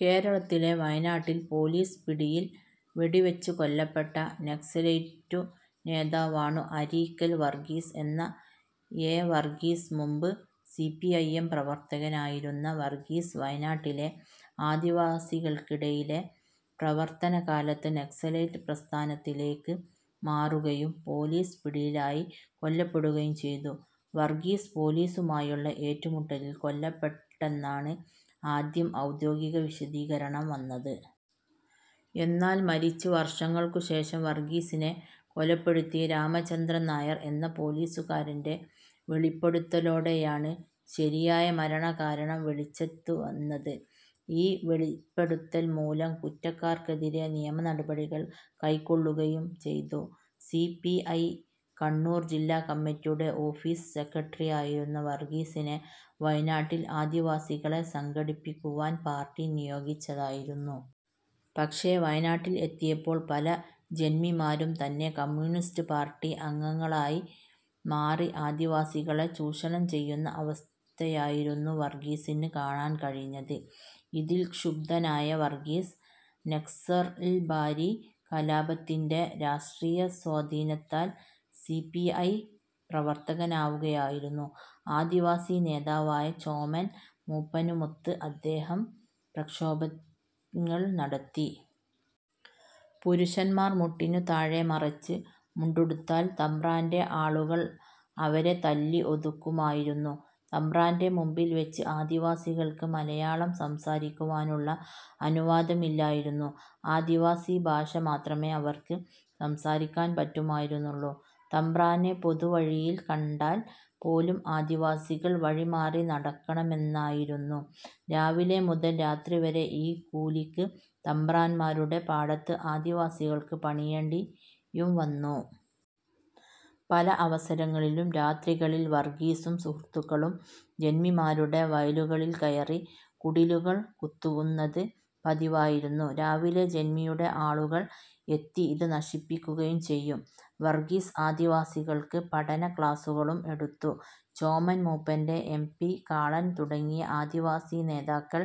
കേരളത്തിലെ വയനാട്ടിൽ പോലീസ് പിടിയിൽ വെടിവെച്ചു കൊല്ലപ്പെട്ട നക്സലൈറ്റു് നേതാവാണു് അരീക്കൽ വർഗ്ഗീസ് എന്ന എ. വർഗ്ഗീസ്. മുൻപ് സി. പി. ഐ. എം പ്രവർത്തകനായിരുന്ന വർഗ്ഗീസ്, വയനാട്ടിലെ ആദിവസികൾക്കിടയിലെ പ്രവർത്തന കാലത്ത് നക്സലൈറ്റ് പ്രസ്ഥാനത്തിലേക്ക് മാറുകയും. പോലീസ് പിടിയിലായി കൊല്ലപ്പെടുകയും ചെയ്തു. വർഗ്ഗീസ് പോലീസുമായുള്ള ഏറ്റുമുട്ടലിൽ കൊല്ലപ്പെട്ടെന്നാണ് ആദ്യം ഔദ്യോഗികവിശദീകരണം വന്നത്. എന്നാൽ മരിച്ച് വർഷങ്ങൾക്കു ശേഷം വർഗ്ഗീസിനെ കൊലപ്പെടുത്തിയ രാമചന്ദ്രൻ നായർ എന്ന പോലീസുകാരന്റെ വെളിപ്പെടുത്തലോടെയാണ് ശരിയായ മരണകാരണം വെളിച്ചത്തുവന്നത്. ഈ വെളിപ്പെടുത്തൽ മൂലം കുറ്റക്കാർക്കെതിരെ നിയമനടപടികൾ കൈക്കൊള്ളുകയും ചെയ്തു. സി. പി. ഐ കണ്ണൂർ ജില്ലാ കമ്മിറ്റിയുടെ ഓഫീസ് സെക്രട്ടറിയായിരുന്ന വർഗ്ഗീസിനെ വയനാട്ടിൽ ആദിവാസികളെ സംഘടിപ്പിക്കുവാൻ പാർട്ടി നിയോഗിച്ചതായിരുന്നു. പക്ഷേ വയനാട്ടിൽ എത്തിയപ്പോൾ പല ജന്മിമാരും തന്നെ കമ്യൂണിസ്റ്റ് പാർട്ടി അംഗങ്ങളായി മാറി ആദിവാസികളെ ചൂഷണം ചെയ്യുന്ന അവസ്ഥയായിരുന്നു വർഗ്ഗീസിന് കാണാൻ കഴിഞ്ഞത്. ഇതിൽ ക്ഷുബ്ധനായ വർഗ്ഗീസ്, നക്സൽബാരി കലാപത്തിന്റെ രാഷ്ട്രീയസ്വാധീനത്താൽ സി. പി. ഐ പ്രവർത്തകനാവുകയായിരുന്നു. ആദിവാസി നേതാവായ ചോമൻ മൂപ്പനുമൊത്ത് അദ്ദേഹം പ്രക്ഷോഭങ്ങൾ നടത്തി. പുരുഷന്മാർ മുട്ടിനു താഴെ മറച്ച് മുണ്ടുടുത്താൽ തമ്പ്രാന്റെ ആളുകൾ അവരെ തല്ലി ഒതുക്കുമായിരുന്നു. തമ്പ്രാന്റെ മുമ്പിൽ വെച്ച് ആദിവാസികൾക്ക് മലയാളം സംസാരിക്കുവാനുള്ള അനുവാദമില്ലായിരുന്നു. ആദിവാസി ഭാഷ മാത്രമേ അവർക്ക് സംസാരിക്കാൻ പറ്റുമായിരുന്നുള്ളൂ. തമ്പ്രാനെ പൊതുവഴിയിൽ കണ്ടാൽ പോലും ആദിവാസികൾ വഴിമാറി നടക്കണമായിരുന്നു. രാവിലെ മുതൽ രാത്രിവരെ ഈ കൂലിക്ക് തമ്പ്രാന്മാരുടെ പാടത്ത് ആദിവാസികൾക്ക് പണിയേണ്ടിയും വന്നു. പല അവസരങ്ങളിലും രാത്രികളിൽ വർഗ്ഗീസും സുഹൃത്തുക്കളും ജന്മിമാരുടെ വയലുകളിൽ കയറി കുടിലുകൾ കുത്തുന്നത് പതിവായിരുന്നു. രാവിലെ ജന്മിയുടെ ആളുകൾ എത്തി ഇത് നശിപ്പിക്കുകയും ചെയ്യും. വർഗ്ഗീസ് ആദിവാസികൾക്ക് പഠന ക്ലാസുകളും എടുത്തു. ചോമൻ മൂപ്പൻ, എം. പി. കാളൻ തുടങ്ങിയ ആദിവാസി നേതാക്കൾ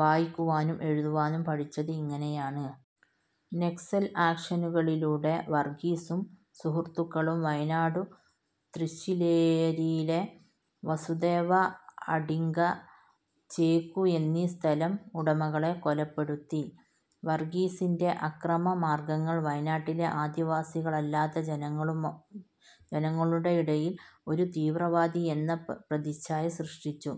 വായിക്കുവാനും എഴുതുവാനും പഠിച്ചത് ഇങ്ങനെയാണ്. നക്സൽ ആക്ഷനുകളിലൂടെ വർഗ്ഗീസും സുഹൃത്തുക്കളും വയനാടു് ത്രിശ്ശില്ലേരിയിലെ വസുദേവ അഡിഗ, ചേക്കു എന്നീ സ്ഥലം ഉടമകളെ കൊലപ്പെടുത്തി. വർഗ്ഗീസിന്റെ അക്രമ മാർഗ്ഗങ്ങൾ വയനാട്ടിലെ ആദിവാസികളല്ലാത്ത ജനങ്ങളുടെയിടയിൽ ഒരു തീവ്രവാദി എന്ന പ്രതിച്ഛായ സൃഷ്ടിച്ചു.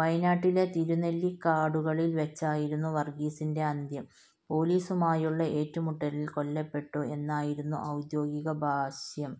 വയനാട്ടിലെ തിരുനെല്ലിക്കാടുകളിൽ വെച്ചായിരുന്നു വർഗ്ഗീസിന്റെ അന്ത്യം. പോലീസുമായുള്ള ഏറ്റുമുട്ടലിൽ കൊല്ലപ്പെട്ടു എന്നായിരുന്നു ഔദ്യോഗിക ഭാഷ്യം.